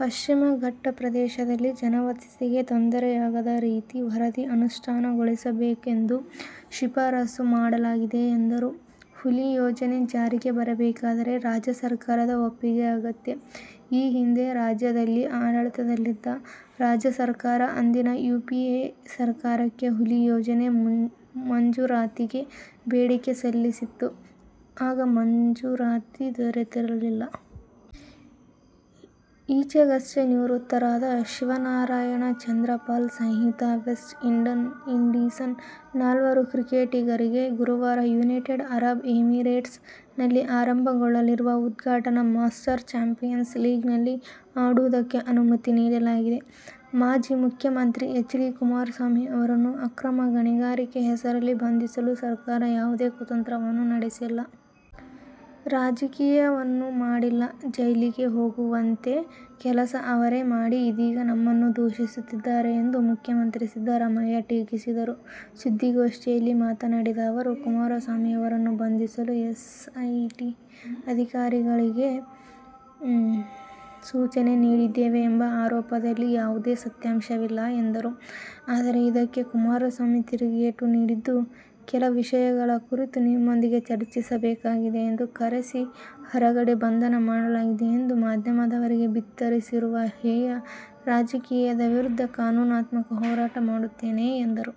ಪಶ್ಚಿಮಘಟ್ಟ ಪ್ರದೇಶದಲ್ಲಿ ಜನವಸತಿಗೆ ತೊಂದರೆಯಾಗದ ರೀತಿ ವರದಿ ಅನುಷ್ಠಾನಗೊಳಿಸಬೇಕೆಂದು ಶಿಫಾರಸು ಮಾಡಲಾಗಿದೆ ಎಂದರು. ಹುಲಿ ಯೋಜನೆ ಜಾರಿಗೆ ಬರಬೇಕಾದರೆ ರಾಜ್ಯ ಸರ್ಕಾರದ ಒಪ್ಪಿಗೆ ಅಗತ್ಯ. ಈ ಹಿಂದೆ ರಾಜ್ಯದಲ್ಲಿ ಆಡಳಿತದಲ್ಲಿದ್ದ ರಾಜ್ಯ ಸರ್ಕಾರ ಅಂದಿನ ಯುಪಿಎ ಸರ್ಕಾರಕ್ಕೆ ಹುಲಿ ಯೋಜನೆ ಮಂಜೂರಾತಿಗೆ ಬೇಡಿಕೆ ಸಲ್ಲಿಸಿತ್ತು. ಆಗ ಮಂಜೂರಾತಿ ದೊರೆತಿರಲಿಲ್ಲ. ಈಚೆಗಷ್ಟೇ ನಿವೃತ್ತರಾದ ಶಿವನಾರಾಯಣ್ ಚಂದ್ರಪಾಲ್ ಸಹಿತ ವೆಸ್ಟ್ಇಂಡೀಸ್ನ ನಾಲ್ವರು ಕ್ರಿಕೆಟಿಗರಿಗೆ ಗುರುವಾರ ಯುನೈಟೆಡ್ ಅರಬ್ ಎಮಿರೇಟ್ಸ್ ನಲ್ಲಿ ಆರಂಭಗೊಳ್ಳಲಿರುವ ಉದ್ಘಾಟನಾ ಮಾಸ್ಟರ್ ಚಾಂಪಿಯನ್ಸ್ ಲೀಗ್ನಲ್ಲಿ ಆಡುವುದಕ್ಕೆ ಅನುಮತಿ ನೀಡಲಾಗಿದೆ. ಮಾಜಿ ಮುಖ್ಯಮಂತ್ರಿ ಎಚ್. ಡಿ. ಕುಮಾರಸ್ವಾಮಿ ಅವರನ್ನು ಅಕ್ರಮ ಗಣಿಗಾರಿಕೆ ಹೆಸರಲ್ಲಿ ಬಂಧಿಸಲು ಸರ್ಕಾರ ಯಾವುದೇ ಕುತಂತ್ರವನ್ನು ನಡೆಸಿಲ್ಲ. ರಾಜಕೀಯವನ್ನೂ ಮಾಡಿಲ್ಲ. ಜೈಲಿಗೆ ಹೋಗುವಂತೆ ಕೆಲಸ ಅವರೇ ಮಾಡಿ ಇದೀಗ ನಮ್ಮನ್ನೂ ದೂಷಿಸುತ್ತಿದ್ದಾರೆ ಎಂದು ಮುಖ್ಯಮಂತ್ರಿ ಸಿದ್ದರಾಮಯ್ಯ ಟೀಕಿಸಿದರು. ಸುದ್ದಿಗೋಷ್ಠಿಯಲ್ಲಿ ಮಾತನಾಡಿದ ಅವರು, ಕುಮಾರಸ್ವಾಮಿ ಅವರನ್ನು ಬಂಧಿಸಲು ಎಸ್ಐಟಿ ಅಧಿಕಾರಿಗಳಿಗೆ ಸೂಚನೆ ನೀಡಿದ್ದೇವೆ ಎಂಬ ಆರೋಪದಲ್ಲಿ ಯಾವುದೇ ಸತ್ಯಾಂಶವಿಲ್ಲ ಎಂದರು. ಆದರೆ ಇದಕ್ಕೆ ಕುಮಾರಸ್ವಾಮಿ ತಿರುಗೇಟು ನೀಡಿದ್ದು, ಕೆಲ ವಿಷಯಗಳ ಕುರಿತು ನಿಮ್ಮೊಂದಿಗೆ ಚರ್ಚಿಸಬೇಕಾಗಿದೆ ಎಂದು ಕರೆಸಿ, ಹೊರಗಡೆ ಬಂಧನ ಮಾಡಲಾಗಿದೆ ಎಂದು ಮಾಧ್ಯಮದವರಿಗೆ ಬಿತ್ತರಿಸಿರುವ ಹೇಯ ರಾಜಕೀಯದ ವಿರುದ್ಧ ಕಾನೂನಾತ್ಮಕ ಹೋರಾಟ ಮಾಡುತ್ತೇನೆ ಎಂದರು.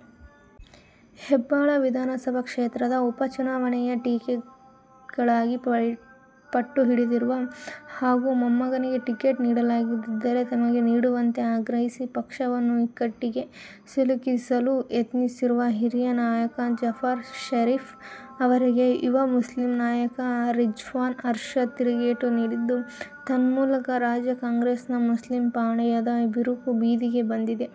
ಹೆಬ್ಟಾಳ ವಿಧಾನಸಭಾ ಕ್ಷೇತ್ರದ ಉಪ ಚುನಾವಣೆಯ ಟಿಕೆಟ್ಗಾಗಿ ಪಟ್ಟು ಹಿಡಿದಿರುವ ಹಾಗೂ ಮೊಮ್ಮಗನಿಗೆ ಟಿಕೆಟ್ ನೀಡಲಾಗದಿದ್ದರೆ ತಮಗೇ ನೀಡುವಂತೆ ಆಗ್ರಹಿಸಿ ಪಕ್ಷವನ್ನು ಇಕ್ಕಟ್ಟಿಗೆ ಸಿಲುಕಿಸಲು ಯತ್ನಿಸಿರುವ ಹಿರಿಯ ನಾಯಕ ಜಾಫರ್ ಷರೀಫ್ ಅವರಿಗೆ ಯುವ ಮುಸ್ಲಿಂ ನಾಯಕ ರಿಜ್ವಾನ್ ಅರ್ಷದ್ ತಿರುಗೇಟು ನೀಡಿದ್ದು, ತನ್ಮೂಲಕ ರಾಜ್ಯ ಕಾಂಗ್ರೆಸ್ನ ಮುಸ್ಲಿಂ ಪಾಳೆಯದ ಬಿರುಕು ಬೀದಿಗೆ ಬಂದಿದೆ.